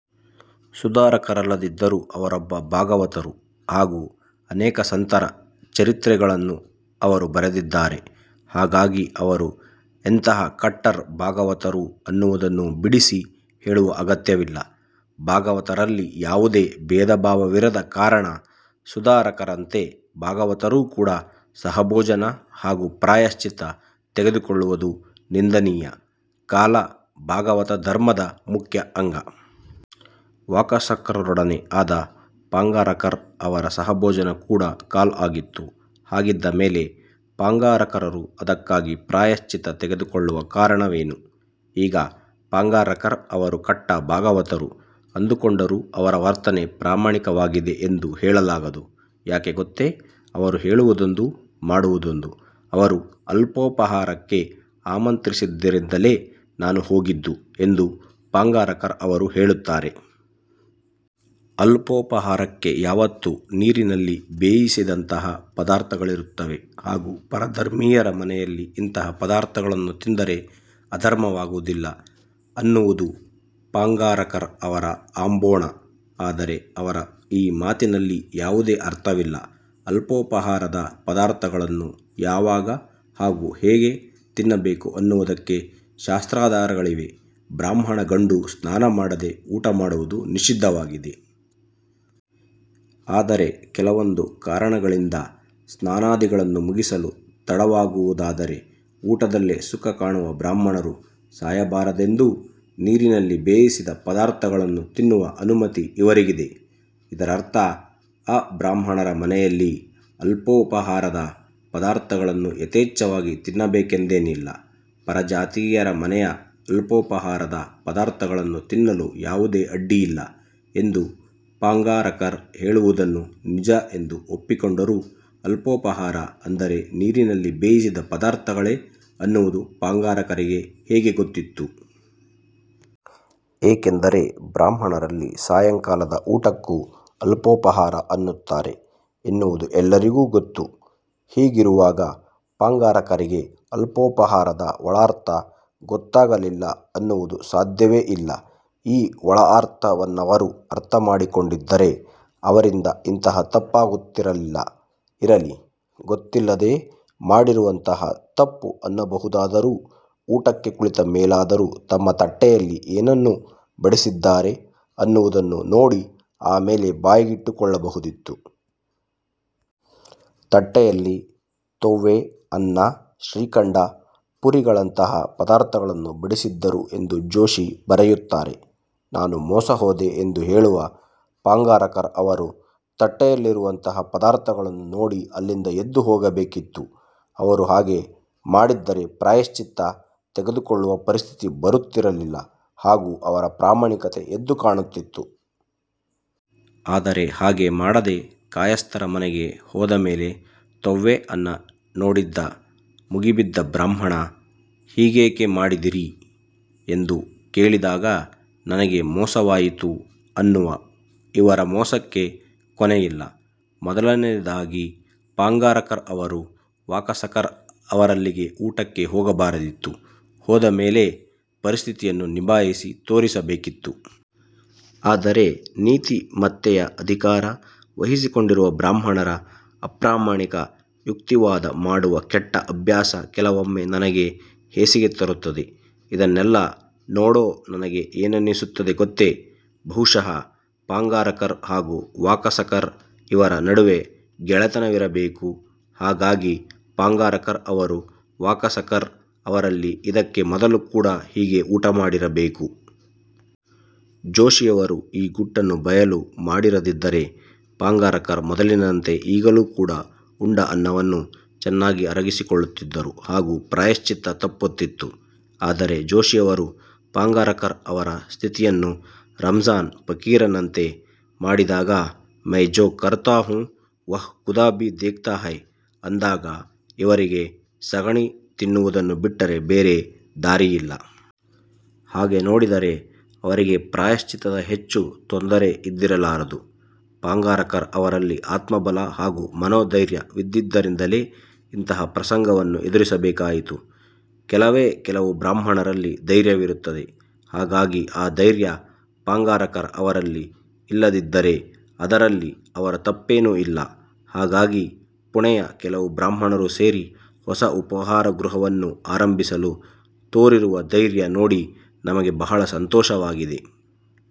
ಸುಧಾರಕರಲ್ಲದಿದ್ದರೂ ಅವರೊಬ್ಬ ಭಾಗವತರು ಹಾಗೂ ಅನೇಕ ಸಂತರ ಚರಿತ್ರೆಗಳನ್ನು ಅವರು ಬರೆದಿದ್ದಾರೆ. ಹಾಗಾಗಿ ಅವರು ಎಂತಹ ಕಟ್ಟರ್ ಭಾಗವತರು ಅನ್ನುವುದನ್ನು ಬಿಡಿಸಿ ಹೇಳುವ ಅಗತ್ಯವಿಲ್ಲ. ಭಾಗವತರಲ್ಲಿ ಯಾವುದೇ ಭೇದಭಾವವಿರದ ಕಾರಣ ಸುಧಾರಕರಂತೆ ಭಾಗವತರು ಕೂಡ ಸಹಭೋಜನ ಹಾಗೂ ಪ್ರಾಯಶ್ಚಿತ್ತ ತೆಗೆದುಕೊಳ್ಳುವುದು ನಿಂದನೀಯ. ಕಾಲಾ ಭಾಗವತ ಧರ್ಮದ ಮುಖ್ಯ ಅಂಗ. ವಾಕಸಕರ್ರೊಡನೆ ಆದ ಪಾಂಗಾರಕರ್ ಅವರ ಸಹಭೋಜನ ಕೂಡ ಕಾಲಾ ಆಗಿತ್ತು. ಹಾಗಿದ್ದ ಮೇಲೆ ಪಾಂಗಾರಕರರು ಅದಕ್ಕಾಗಿ ಪ್ರಾಯಶ್ಚಿತ್ತ ತೆಗೆದುಕೊಳ್ಳುವ ಕಾರಣವೇನು? ಈಗ ಪಾಂಗಾರಕರ್ ಅವರು ಕಟ್ಟಾ ಭಾಗವತರು ಅಂದುಕೊಂಡರೂ ಅವರ ವರ್ತನೆ ಪ್ರಾಮಾಣಿಕವಾಗಿದೆ ಎಂದು ಹೇಳಲಾಗದು. ಯಾಕೆ ಗೊತ್ತೇ? ಅವರು ಹೇಳುವುದೊಂದು ಮಾಡುವುದೊಂದು. ''ಅವರು ಅಲ್ಪೋಪಾಹಾರಕ್ಕೆ ಆಮಂತ್ರಿಸಿದ್ದರಿಂದಲೇ ನಾನು ಹೋಗಿದ್ದು'' ಎಂದು ಪಾಂಗಾರಕರ್ ಅವರು ಹೇಳುತ್ತಾರೆ. ಅಲ್ಪೋಪಾಹಾರಕ್ಕೆ ಯಾವತ್ತೂ ನೀರಿನಲ್ಲಿ ಬೇಯಿಸದಂತಹ ಪದಾರ್ಥಗಳಿರುತ್ತವೆ ಹಾಗೂ ಪರ ಧರ್ಮೀಯರ ಮನೆಯಲ್ಲಿ ಇಂತಹ ಪದಾರ್ಥಗಳನ್ನು ತಿಂದರೆ ಅಧರ್ಮವಾಗುವುದಿಲ್ಲ ಅನ್ನುವುದು ಪಾಂಗಾರಕರ್ ಅವರ ಅಂಬೋಣ. ಆದರೆ ಅವರ ಈ ಮಾತಿನಲ್ಲಿ ಯಾವುದೇ ಅರ್ಥವಿಲ್ಲ. ಅಲ್ಪೋಪಾಹಾರದ ಪದಾರ್ಥಗಳನ್ನು ಯಾವಾಗ ಹಾಗೂ ಹೇಗೆ ತಿನ್ನಬೇಕು ಅನ್ನುವುದಕ್ಕೆ ಶಾಸ್ತ್ರಾಧಾರಗಳಿವೆ. ಬ್ರಾಹ್ಮಣ ಗಂಡು ಸ್ನಾನ ಮಾಡದೆ ಊಟ ಮಾಡುವುದು ನಿಷಿದ್ಧವಾಗಿದೆ. ಅದರೆ ಕೆಲವೊಂದು ಕಾರಣಗಳಿಂದ ಸ್ನಾನಾದಿಗಳನ್ನು ಮುಗಿಸಲು ತಡವಾಗುವುದಾದರೆ ಊಟದಲ್ಲೇ ಸುಖ ಕಾಣುವ ಬ್ರಾಹ್ಮಣರು ಸಾಯಬಾರದೆಂದೇ ನೀರಿನಲ್ಲಿ ಬೇಯಿಸದ ಪದಾರ್ಥಗಳನ್ನು ತಿನ್ನುವ ಅನುಮತಿ ಇವರಿಗಿದೆ. ಇದರರ್ಥ ಅಬ್ರಾಹ್ಮಣರ ಮನೆಯಲ್ಲಿ ಅಲ್ಪೋಪಾಹಾರದ ಪದಾರ್ಥಗಳನ್ನು ಯಥೇಚ್ಛವಾಗಿ ತಿನ್ನಬೇಕೆಂದೇನಿಲ್ಲ. ಪರಜಾತೀಯರ ಮನೆಯ ಅಲ್ಪೋಪಾಹಾರದ ಪದಾರ್ಥಗಳನ್ನು ತಿನ್ನಲು ಯಾವುದೇ ಅಡ್ಡಿಯಿಲ್ಲ ಎಂದು ಪಾಂಗಾರಕರ್ ಹೇಳುವುದನ್ನು ನಿಜ ಎಂದು ಒಪ್ಪಿಕೊಂಡರೂ ಅಲ್ಪೋಪಾಹಾರ ಅಂದರೆ ನೀರಿನಲ್ಲಿ ಬೇಯಿಸದ ಪದಾರ್ಥಗಳೇ ಅನ್ನುವುದು ಪಾಂಗಾರಕರಿಗೆ ಹೇಗೆ ಗೊತ್ತಿತ್ತು? ಏಕೆಂದರೆ ಬ್ರಾಹ್ಮಣರಲ್ಲಿ ಸಾಯಂಕಾಲದ ಊಟಕ್ಕೂ ಅಲ್ಪೋಪಾಹಾರ ಅನ್ನುತ್ತಾರೆ ಎನ್ನುವುದು ಎಲ್ಲರಿಗೂ ಗೊತ್ತು. ಹೀಗಿರುವಾಗ ಪಾಂಗಾರಕರರಿಗೆ ಅಲ್ಪೋಪಾಹಾರದ ಒಳಾರ್ಥ ಗೊತ್ತಾಗಲಿಲ್ಲ ಅನ್ನುವುದು ಸಾಧ್ಯವೇ ಇಲ್ಲ. ಈ ಒಳಾರ್ಥವನ್ನವರು ಅರ್ಥಮಾಡಿಕೊಂಡಿದ್ದರೆ ಅವರಿಂದ ಇಂತಹ ತಪ್ಪಾಗುತ್ತಿರಲಿಲ್ಲ. ಇರಲಿ, ಗೊತ್ತಿಲ್ಲದೆ ಮಾಡಿರುವಂತಹ ತಪ್ಪು ಅನ್ನಬಹುದಾದರೂ ಊಟಕ್ಕೆ ಕುಳಿತ ಮೇಲಾದರೂ ತಮ್ಮ ತಟ್ಟೆಯಲ್ಲಿ ಏನನ್ನು ಬಡಿಸಿದ್ದಾರೆ ಅನ್ನುವುದನ್ನು ನೋಡಿ ಆ ಮೇಲೆ ಬಾಯಿಗಿಟ್ಟುಕೊಳ್ಳಬಹುದಿತ್ತು. ತಟ್ಟ್ಟೆಯಲ್ಲಿ ತೊವ್ವೆ, ಅನ್ನ, ಶ್ರೀಖಂಡ ಪೂರಿಗಳಂತಹ ಪದಾರ್ಥಗಳನ್ನು ಬಡಿಸಿದ್ದರು ಎಂದು ಜೋಶಿ ಬರೆಯುತ್ತಾರೆ. ನಾನು ಮೋಸ ಹೋದೆ ಎಂದು ಹೇಳುವ ಪಾಂಗಾರಕರ್ ಅವರು ತಟ್ಟೆಯಲ್ಲಿರುವಂತಹ ಪದಾರ್ಥಗಳನ್ನು ನೋಡಿ ಅಲ್ಲಿಂದ ಎದ್ದು ಹೋಗಬೇಕಿತ್ತು. ಅವರು ಹಾಗೆ ಮಾಡಿದ್ದರೆ ಪ್ರಾಯಶ್ಚಿತ್ತ ತೆಗೆದುಕೊಳ್ಳುವ ಪರಿಸ್ಥಿತಿ ಬರುತ್ತಿರಲಿಲ್ಲ ಹಾಗೂ ಅವರ ಪ್ರಾಮಾಣಿಕತೆ ಎದ್ದು ಕಾಣುತ್ತಿತ್ತು. ಆದರೆ ಹಾಗೆ ಮಾಡದೆ ಕಾಯಸ್ಥರ ಮನೆಗೆ ಹೋದ ಮೇಲೆ ತೊವ್ವೆ ಅನ್ನ ನೋಡಿದ್ದೆ ಮುಗಿಬಿದ್ದ ಬ್ರಾಹ್ಮಣ ''ಹೀಗೇಕೆ ಮಾಡಿದಿರಿ'' ಎಂದು ಕೇಳಿದಾಗ ನನಗೆ ಮೋಸವಾಯಿತು ಅನ್ನುವ ಇವರ ಮೋಸಕ್ಕೆ ಕೊನೆಯಿಲ್ಲ. ಮೊದಲನೆಯದಾಗಿ ಪಾಂಗಾರಕರ್ಅವರು ವಾಕಸಕರ್ ಅವರಲ್ಲಿಗೆ ಊಟಕ್ಕೆ ಹೋಗಬಾರದಿತ್ತು. ಹೋದ ಮೇಲೆ ಪರಿಸ್ಥಿತಿಯನ್ನು ನಿಭಾಯಿಸಿ ತೋರಿಸಬೇಕಿತ್ತು. ಆದರೆ ನೀತಿಮತ್ತೆಯ ಅಧಿಕಾರ ವಹಿಸಿಕೊಂಡಿರುವ ಬ್ರಾಹ್ಮಣರ ಅಪ್ರಾಮಾಣಿಕ ಯುಕ್ತಿವಾದ ಮಾಡುವ ಕೆಟ್ಟ ಅಭ್ಯಾಸ ಕೆಲವೊಮ್ಮೆ ನನಗೆ ಹೇಸಿಗೆ ತರುತ್ತದೆ. ಇದನ್ನೆಲ್ಲ ನೋಡೊ ನನಗೆ ಏನನಿಸುತ್ತದೆ ಗೊತ್ತೇ? ಬಹುಶಃ ಪಾಂಗಾರಕರ್ ಹಾಗೂ ವಾಕಸಕರ್ ಇವರ ನಡುವೆ ಗೆಳೆತನವಿರಬೇಕು. ಹಾಗಾಗಿ ಪಾಂಗಾರಕರ್ ಅವರು ವಾಕಸಕರ್ ಅವರಲ್ಲಿ ಇದಕ್ಕೆ ಮೊದಲು ಕೂಡ ಹೀಗೆ ಊಟ ಮಾಡಿರಬೇಕು. ಜೋಶಿಯವರು ಈ ಗುಟ್ಟನ್ನು ಬಯಲು ಮಾಡಿರದಿದ್ದರೆ ಪಾಂಗಾರಕರ್ ಮೊದಲಿನಂತೆ ಈಗಲೂ ಕೂಡ ಉಂಡ ಅನ್ನವನ್ನು ಚೆನ್ನಾಗಿ ಅರಗಿಸಿಕೊಳ್ಳುತ್ತಿದ್ದರು ಹಾಗೂ ಪ್ರಾಯಶ್ಚಿತ್ತ ತಪ್ಪುತ್ತಿತ್ತು. ಆದರೆ ಜೋಶಿಯವರು ಪಾಂಗಾರಕರ ಅವರ ಸ್ಥಿತಿಯನ್ನು ರಮಝಾನ್ ಫಕೀರನಂತೆ ಮಾಡಿದಾಗ 'ಮೈ ಜೋ ಕರತಾ ಹೂ, ವಹ್ ಖುದಾ ಭೀ ದೇಖತಾ ಹೈ' ಅಂದಾಗ ಇವರಿಗೆ ಸೆಗಣಿ ತಿನುವುದನ್ನು ಬಿಟ್ಟರೆ ಬೇರೆ ದಾರಿಯಿಲ್ಲ. ಹಾಗೆ ನೋಡಿದರೆ ಅವರಿಗೆ ಪ್ರಾಯಶ್ಚಿತ್ತದ ಹೆಚ್ಚು ತೊಂದರೆಯಿದ್ದಿರಲಾರದು. ಪಾಂಗಾರಕರ್ ಅವರಲ್ಲಿ ಆತ್ಮಬಲ ಹಾಗೂ ಮನೋಧೈರ್ಯವಿರದಿದ್ದರಿಂದಲೇ ಇಂತಹ ಪ್ರಸಂಗವನ್ನವರು ಎದುರಿಸಬೇಕಾಯಿತು. ಕೆಲವೇ ಕೆಲವು ಬ್ರಾಹ್ಮಣರಲ್ಲಿ ಧೈರ್ಯವಿರುತ್ತದೆ. ಹಾಗಾಗಿ ಆ ಧೈರ್ಯ ಪಾಂಗಾರಕರ್ ಅವರಲ್ಲಿ ಇಲ್ಲದಿದ್ದರೆ ಅದರಲ್ಲಿ ಅವರ ತಪ್ಪೇನು ಇಲ್ಲ. ಹಗಾಗಿ ಪುಣೆಯ ಕೆಲವು ಬ್ರಾಹ್ಮಣರು ಸೇರಿ ಹೊಸ ಉಪಾಹಾರಗೃಹವನ್ನು ಆರಂಭಿಸಲು ತೋರಿರುವ ಧೈರ್ಯ ನೋಡಿ ನಮಗೆ ಬಹಳ ಸಂತೋಷವಾಗಿದೆ.